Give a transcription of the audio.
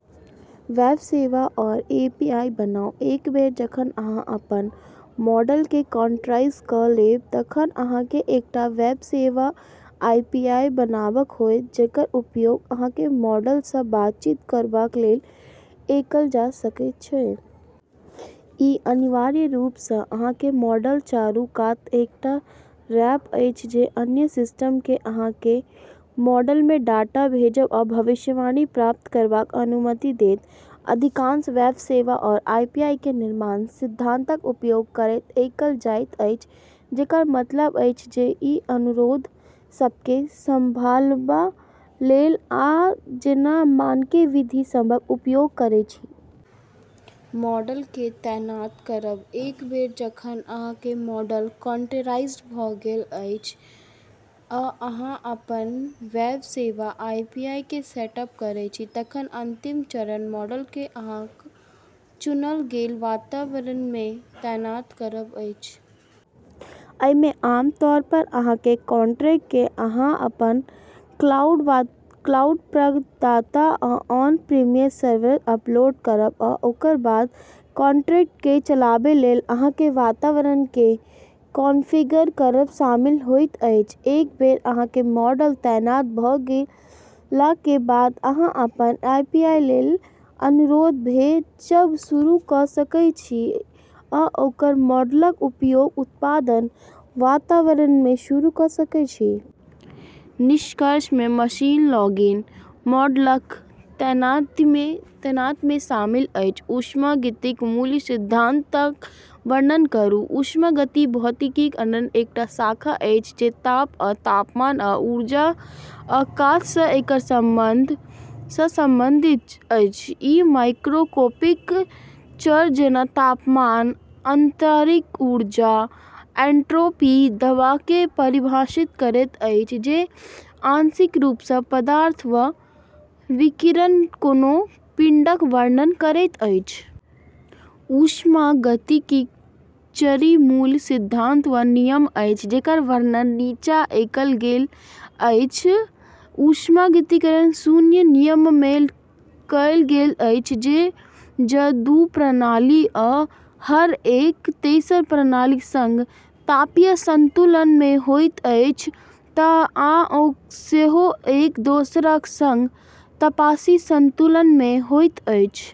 Web सेवा वा API बनाउ एक बेर जखन अहाँ अपन मॉडलकेँ कंटेनराइज क’ लेब तखन अहाँकेँ एकटा वेब सेवा वा एपीआई बनाबक होयत जेकर उपयोग अहाँक मॉडल सँ बातचीत करबा लेल कएल जा सकैत अछि। ई अनिवार्य रूप सँ अहाँक मॉडलक चारू कात एकटा रैपर अछि जे अन्य सिस्टमकेँ अहाँक मॉडलमे डाटा भेजब आ भविष्यवाणी प्राप्त करबाक अनुमति देत। अधिकांश वेब सेवा आ एपीआईक निर्माण सिद्धांतक उपयोग करैत कएल जाइत अछि, जेकर मतलब अछि जे ई अनुरोध सभकेँ संभालबा लेल, आ जेना मानक विधि सभक उपयोग करैत अछि। मॉडलकेँ तैनात करब एक बेर जखन अहाँक मॉडल कंटेनराइज भ’ गेल अछि आ अहाँ अपन वेब सेवा वा एपीआईकेँ सेटअप करै छी, तखन अंतिम चरण मॉडलकेँ अहाँक चुनल गेल वातावरणमे तैनात करब अछि। एहिमे आमतौर पर अहाँक कंटेनरकेँ अहाँक क्लाउड प्रदाता वा ऑन प्रिमाइसेस सर्वर पर अपलोड करब, आ ओकर बाद कंटेनरकेँ चलाबै लेल अहाँक वातावरणकेँ कॉन्फ़िगर करब शामिल होइत अछि। एक बेर अहाँक मॉडल तैनात भ’ गेला के बाद, अहाँ अपन एपीआई लेल अनुरोध भेजब शुरू क’ सकैत छी, आ मॉडलक उपयोग उत्पादन वातावरणमे शुरू क’ सकैत छी। निष्कर्षमे, मशीन लर्निंग मॉडलक तैनातीमे शामिल अछि। ऊष्मागतिकीक मूल सिद्धांतक वर्णन करू। ऊष्मागतिकी भौतिकीक एकटा शाखा अछि जे ताप आ तापमान आ ऊर्जा आ काज सँ एकर संबंध सँ संबंधित अछि। ई मैक्रोस्कोपिक चर, जेना कि तापमान, आंतरिक ऊर्जा, एन्ट्रोपी, आ दबावकेँ परिभाषित करैत अछि, जे आंशिक रूप सँ पदार्थ वा विकिरणक कोनो पिंडक वर्णन करैत अछि। ऊष्मागतिकीक चारि मूल सिद्धांत वा नियम अछि, जेकर वर्णन नीचाँ कएल गेल अछि। ऊष्मागतिकीक शून्य नियममे कहल गेल अछि जे जँ दू प्रणाली, आ, हर एक तेसर प्रणालीक संग तापीय संतुलनमे होइत अछि, तँ आ सेहो एक दोसराक संग तापीय संतुलनमे होइत अछि।